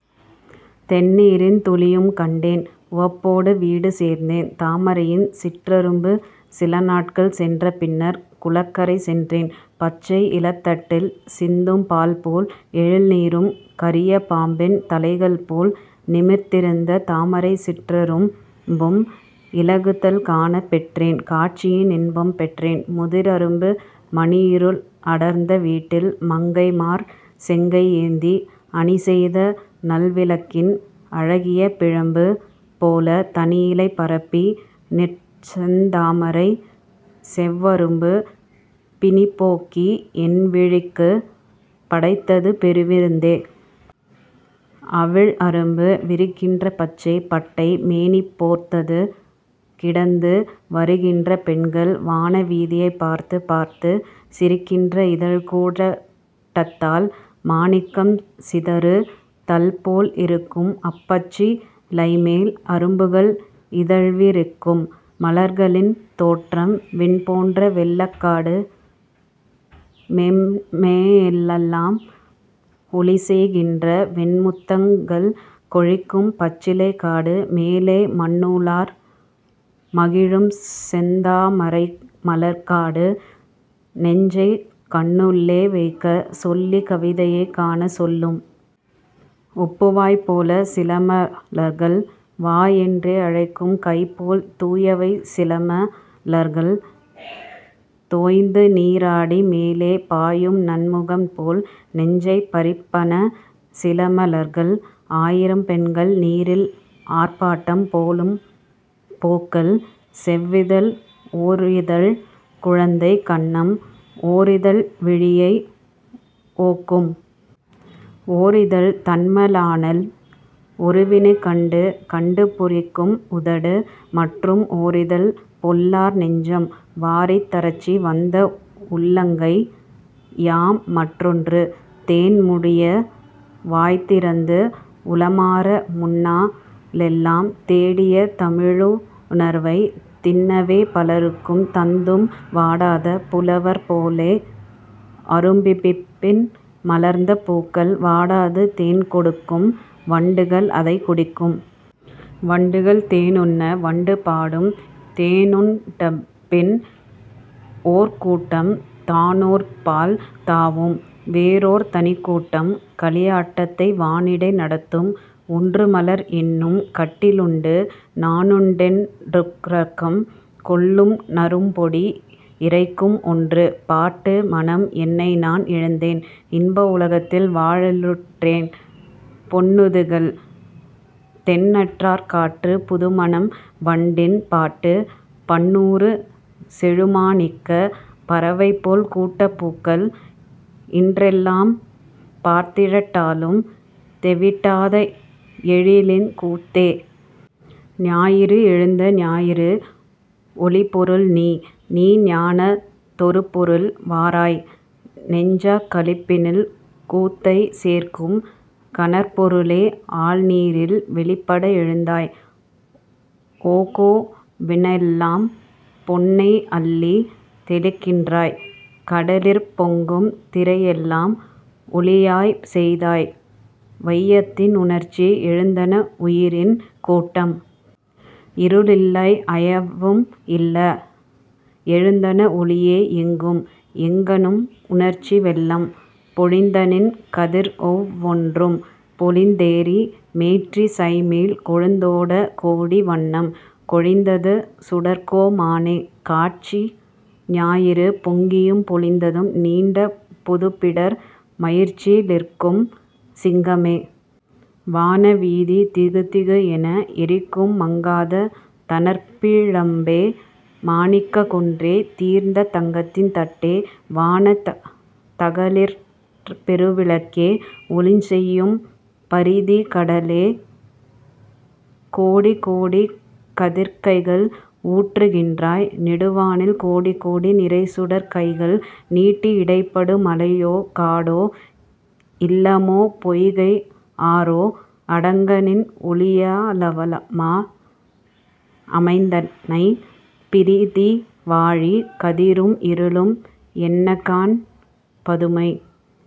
தெண்ணீரின் துளியும் கண்டேன் உவப்போடு வீடு சேர்ந்தேன். தாமரையின் சிற்றரும்பு சிலநாட்கள் சென்ற பின்னர்க் குளக்கரை சென்றேன்! பச்சை இலத்தட்டில் சிந்தும் பால்போல் எழில்நீரும், கரிய பாம்பின் தலைகள்போல் நிமிர்ந் திருந்த தாமரைச் சிற்ற ரும்பும் இலகுதல் காணப் பெற்றேன்; காட்சியின் இன்பம் பெற்றேன். முதிர் அரும்பு மணிஇருள் அடர்ந்த வீட்டில் மங்கைமார், செங்கை ஏந்தி, அணிசெய்த நல்வி ளக்கின் அழகிய பிழம்பு போலத் தணிஇலைப் பரப்பி னிற்செந் தாமரைச் செவ்வ ரும்பு பிணிபோக்கி என்வி ழிக்குப் படைத்தது பெருவி ருந்தே! அவிழ் அரும்பு விரிகின்ற பச்சைப் பட்டை மேனிபோர்த் துக் கிடந்து வரிக்கின்ற பெண்கள், வான வீதியைப் பார்த்துப் பார்த்துச் சிரிக்கின்ற இதழ்க்கூட் டத்தால் மாணிக்கம் சிதறு தல்போல் இருக்கும்அப் பச்சி லைமேல் அரும்புகள் இதழ்வி ரிக்கும்! மலர்களின் தோற்றம் விண்போன்ற வெள்ளக் காடு, மேலெலாம் ஒளிசெய் கின்ற வெண்முத்தங் கள்கொழிக்கும் பச்சிலைக் காடு, மேலே மண்ணுளார் மகிழும் செந்தா மரைமலர்க் காடு, நெஞ்சைக் கண்ணுளே வைக்கச் சொல்லிக் கவிதையைக் காணச் சொல்லும். ஒப்பு வாய்போலச் சிலம லர்கள்! 'வா' என்றே அழைக்கும் கைபோல் தூயவை சிலம லர்கள்! தோய்ந்துநீ ராடி மேலே பாயும்நன் முகம்போல் நெஞ்சைப் பறிப்பன சிலம லர்கள்! ஆயிரம் பெண்கள் நீரில் ஆர்ப்பாட்டம் போலும் பூக்கள்! செவ்விதழ் ஓரிதழ் குழந்தை கன்னம்! ஓரிதழ் விழியை ஒக்கும்! ஓரிதழ் தன்ம ணாளன் உருவினைக் கண்டு கண்டு பூரிக்கும் உதடு! மற்றும் ஓரிதழ் பொல்லார் நெஞ்சம்! வாரித் தரச்சி வந்த உள்ளங்கை யாம் மற்றொன்று! தேன் மூடிய வாய்தி றந்து உளமார முன்னா ளெல்லாம் தேடிய தமிழு ணர்வைத் தின்னவே பலர்க்கும் தந்தும் வாடாத புலவர் போலே அரும்பிப்பின் மலர்ந்த பூக்கள் வாடாது தேன்கொ டுக்கும் வண்டுகள் அதைக் குடிக்கும்! வண்டுகள் தேனுண்ண, வண்டு பாடும்! தேனுண்டபின், ஓர் கூட்டம் தானோர்பால் தாவும்! வேறோர் தனிக்கூட்டம் களியாட்டத்தை வானிடை நடத்தும்! ஒன்று மலர் என்னும் கட்டி லுண்டு நானுண்டென் றுறக்கம் கொள்ளும் நறும்பொடி இறைக்கும் ஒன்று. பாட்டு, மணம் என்னைநான் இழந்தேன்; இன்ப உலகத்தில் வாழ லுற்றேன் பொன்துகள், தென்றற் காற்றுப், புதுமணம், வண்டின் பாட்டுப், பன்னூறு செழுமா ணிக்கப் பறவைபோல் கூட்டப் பூக்கள் இன்றெலாம் பார்த்திட் டாலும் தெவிட்டாத எழிலின் கூத்தே!. ஞாயிறு எழுந்த ஞாயிறு ஒளிப்பொருள் நீ! நீ ஞாலத் தொருபொருள், வாராய்! நெஞ்சக் களிப்பினில் கூத்தைச் சேர்க்கும் கனற் பொரு ளே, ஆழ் நீரில் வெளிப்பட எழுந்தாய்; ஓகோ விண்ணெலாம் பொன்னை அள்ளித் தெளிக்கின்றாய்; கடலிற் பொங்கும் திரையெலாம் ஒளியாய்ச் செய்தாய். வையத்தின் உணர்ச்சி எழுந்தன உயிரின் கூட்டம்! இருள் இல்லை அயர்வும் இல்ல! எழுந்தன ஒளியே, எங்கும்! எங்கணும் உணர்ச்சி வெள்ளம் பொழிந்தநின் கதிர் ஒவ் வொன்றும் பொலிந் தேறி, மேற்றி சைமேல் கொழுந்தோடக் கோடி வண்ணம் கொழித்தது சுடர்க்கோ மானே! காட்சி ஞாயிறு பொங்கியும் பொலிந்தும் நீண்ட புதுப்பிடர் மயிர்சி லிர்க்கும் சிங்கமே! வான வீதி திகு திகு என எரிக்கும் மங்காத தணற்பி ழம்பே! மாணிக்கக் குன்றே! தீர்ந்த தங்கத்தின் தட்டே! வானத் தகளியிற் பெருவிளக்கே! ஒளிசெய்யும் பரிதி கடலிலே கோடி கோடிக் கதிர்க்கைகள் ஊன்றுகின்றாய்! நெடுவானில் கோடி கோடி நிறைசுடர்க் கைகள் நீட்டி இடைப்படு மலையோ காடோ இல்லமோ பொய்கை ஆறோ அடங்கநின் ஒளிஅ ளவா அமைந்தனை! பரிதி வாழி! கதிரும் இருளும் என்னகாண் புதுமை!